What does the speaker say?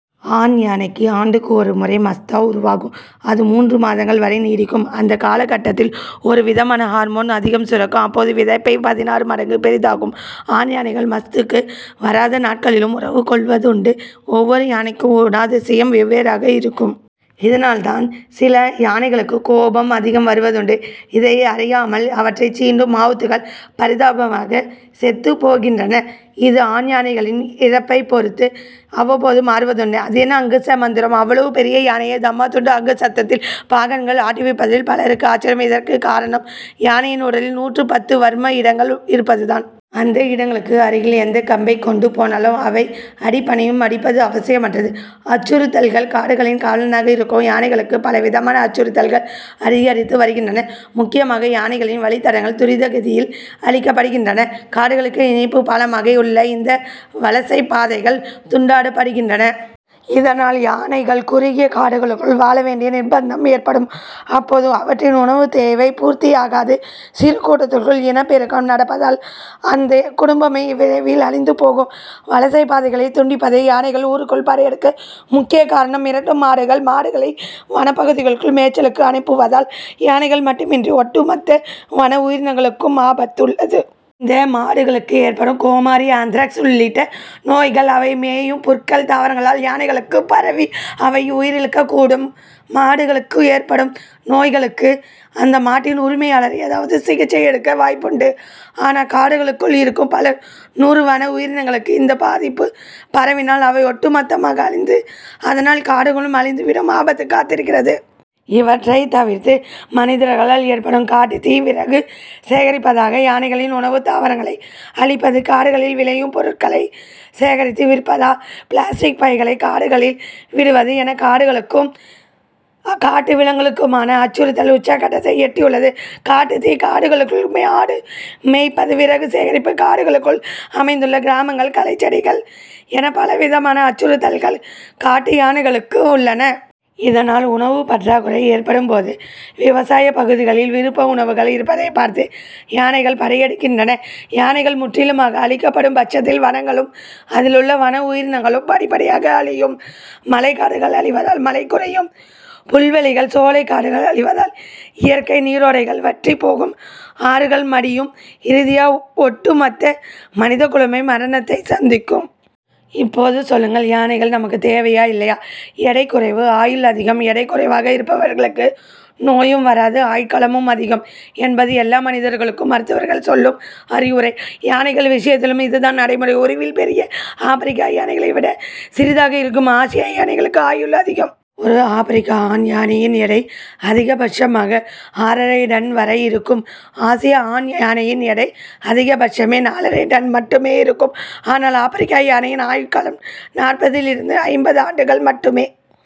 ஆண் யானைக்கு ஆண்டுக்கு ஒரு முறை மஸ்த உருவாகும். அது மூன்று மாதங்கள் வரை நீடிக்கும். அந்தக் கால கட்டத்தில் ஒரு விதமான ஹார்மோன் அதிகம் சுரக்கும் அப்போது விதைப்பை பதினாறு மடங்கு பெரிதாகும். ஆண் யானைகள் மஸ்துக்கு வராத நாட்களிலும் உறவு கொள்வதுண்டு. ஒவ்வொரு யானைக்கும் குணாதிசயம் வெவ்வேறாக இருக்கும். இதனால்தான் சில யானைகளுக்கு கோபம் அதிகம் வருவதுண்டு. இதை அறியாமல் அவற்றைச் சீண்டும் மாவூத்துகள் பரிதாபமாக செத்துப்போகின்றனர். இது ஆண் யானைகளின் இறப்பைப் பொறுத்து அவ்வப்போது மாறுவதுண்டு. அதென்ன அங்குச மந்திரம் அவ்வளவு பெரிய யானையை தம்மாத்துண்டு அங்குசத்தில் பாகன்கள் ஆட்டுவிப்பதில் பலருக்கு ஆச்சரியம். இதற்குக்காரணம் யானையின் உடலில் நூற்று பத்து வர்ம இடங்கள் இருப்பதுதான். அந்த இடங்களுக்கு அருகில் எந்த கம்பைக்கொண்டு போனாலும் அவை அடி பணியும் அடிப்பது அவசியமற்றது. அச்சுறுத்தல்கள் காடுகளின் காவலனாக இருக்கும் யானைகளுக்கு பல விதமான அச்சுறுத்தல்கள் அதிகரித்து வருகின்றன. முக்கியமாக யானைகளின வழித்தடங்கள் துரித கதியில் அழிக்கப்படுகின்றன. காடுகளுக்கு இணைப்புப் பாலமாக உள்ள இந்த வலசைப்பாதைகள் துண்டாடப்படுகின்றன. இதனால் யானைகள் குறுகிய காடுகளுக்குள் வாழ வேண்டிய நிர்ப்பந்தம் ஏற்படும். அப்போது அவற்றின் உணவுத் தேவை பூர்த்தியாகாது. சிறு கூட்டத்துக்குள் இனப் பெருக்கம் நடப்பதால் அந்த குடும்பமே விரைவில் அழிந்து போகும். வலசைப் பாதைகளைத் துண்டிப்பதே யானைகள் ஊருக்குள் படையெடுக்க முக்கியக்காரணம். மிரட்டும் மாடுகள் மாடுகளை வனப்பகுதிக்குள் மேய்ச்சலுக்கு அனுப்புவதால் யானைகள் மட்டுமின்றி ஒட்டு மொத்த வன உயிரினங்களுக்கும் ஆபத்துள்ளது. இந்த மாடுகளுக்கு ஏற்படும் கோமாரி ஆந்த்ராக்ஸ் உள்ளிட்ட நோய்கள் அவை மேயும் புற்கள், தாவரங்களால் யானைகளுக்குப் பரவி அவை உயிரிழக்கக்கூடும். மாடுகளுக்கு ஏற்படும் நோய்களுக்கு அந்த மாட்டின் உரிமையாளர் ஏதாவது சிகிச்சை எடுக்க வாய்ப்புண்டு. ஆனால் காடுகளுக்குள் இருக்கும் பல நூறு வன உயிரினங்களுக்கு இந்த பாதிப்பு பரவினால் அவை ஒட்டு மொத்தமாக அழிந்து அதனால் காடுகளும் அழிந்து விடும் ஆபத்து காத்திருக்கிறது. இவற்றைத் தவிர்த்து மனிதர்களால் ஏற்படும் காட்டுத்தீ விறகு சேகரிப்பதாக யானைகளின் உணவுத்தாவரங்களை அழிப்பது காடுகளில் விளையும் பொருட்களை சேகரித்து விற்பத பிளாஸ்டிக் பைகளை காடுகளில் விடுவது என காடுகளுக்கும் காட்டு விலங்குகளுக்குமான அச்சுறுத்தல் உச்சக்கட்டத்தை எட்டியுள்ளது. காட்டுத்தீ காடுகளுக்குள் மாடு மேய்ப்பது விறகு சேகரிப்பு காடுகளுக்குள் அமைந்துள்ள கிராமங்கள் களைச்செடிகள் என பலவிதமான அச்சுறுத்தல்கள் காட்டு யானைகளுக்கு உள்ளன. இதனால் உணவுப் பற்றாக்குறை ஏற்படும்போது விவசாயப் பகுதிகளில் விருப்ப உணவுகள் இருப்பதைப் பார்த்து யானைகள் படையெடுக்கின்றன. யானைகள் முற்றிலுமாக அழிக்கப்படும்பட்சத்தில் வனங்களும் அதிலுள்ள வன உயிரினங்களும் படிப்படியாக அழியும். மழைக்காடுகள் அழிவதால் மழை குறையும். புல்வெளிகள் சோலைக்காடுகள் அழிவதால் இயற்கை நீரோடைகள் வற்றிப் போகும் ஆறுகள் மடியும் இறுதியா ஒட்டு மொத்த மனித குலமே மரணத்தை சந்திக்கும். இப்போது சொல்லுங்கள் யானைகள் நமக்குத் தேவையா இல்லையா? எடை குறைவு ஆயுள் அதிகம்! எடை குறைவாக இருப்பவர்களுக்கு நோயும் வராது ஆயுட்காலமும் அதிகம் என்பது எல்லா மனிதர்களுக்கும் மருத்துவர்கள் சொல்லும் அறிவுரை. யானைகள் விஷயத்திலும் இதுதான் நடைமுறை. உருவில் பெரிய ஆப்பிரிக்க யானைகளை விட சிறிதாக இருக்கும் ஆசிய யானைகளுக்கு ஆயுள் அதிகம். ஓர் ஆப்பிரிக்க ஆண் யானையின் எடை, அதிகபட்சமாக ஆறரைடன் வரை இருக்கும். ஆசிய ஆண் யானையின் எடை அதிகபட்சமே நாலரைடன் மட்டுமே இருக்கும். ஆனால் ஆப்பிரிக்க யானையின் ஆயுட்காலம் நாற்பதிலிருந்து ஐம்பது ஆண்டுகள் மட்டுமே.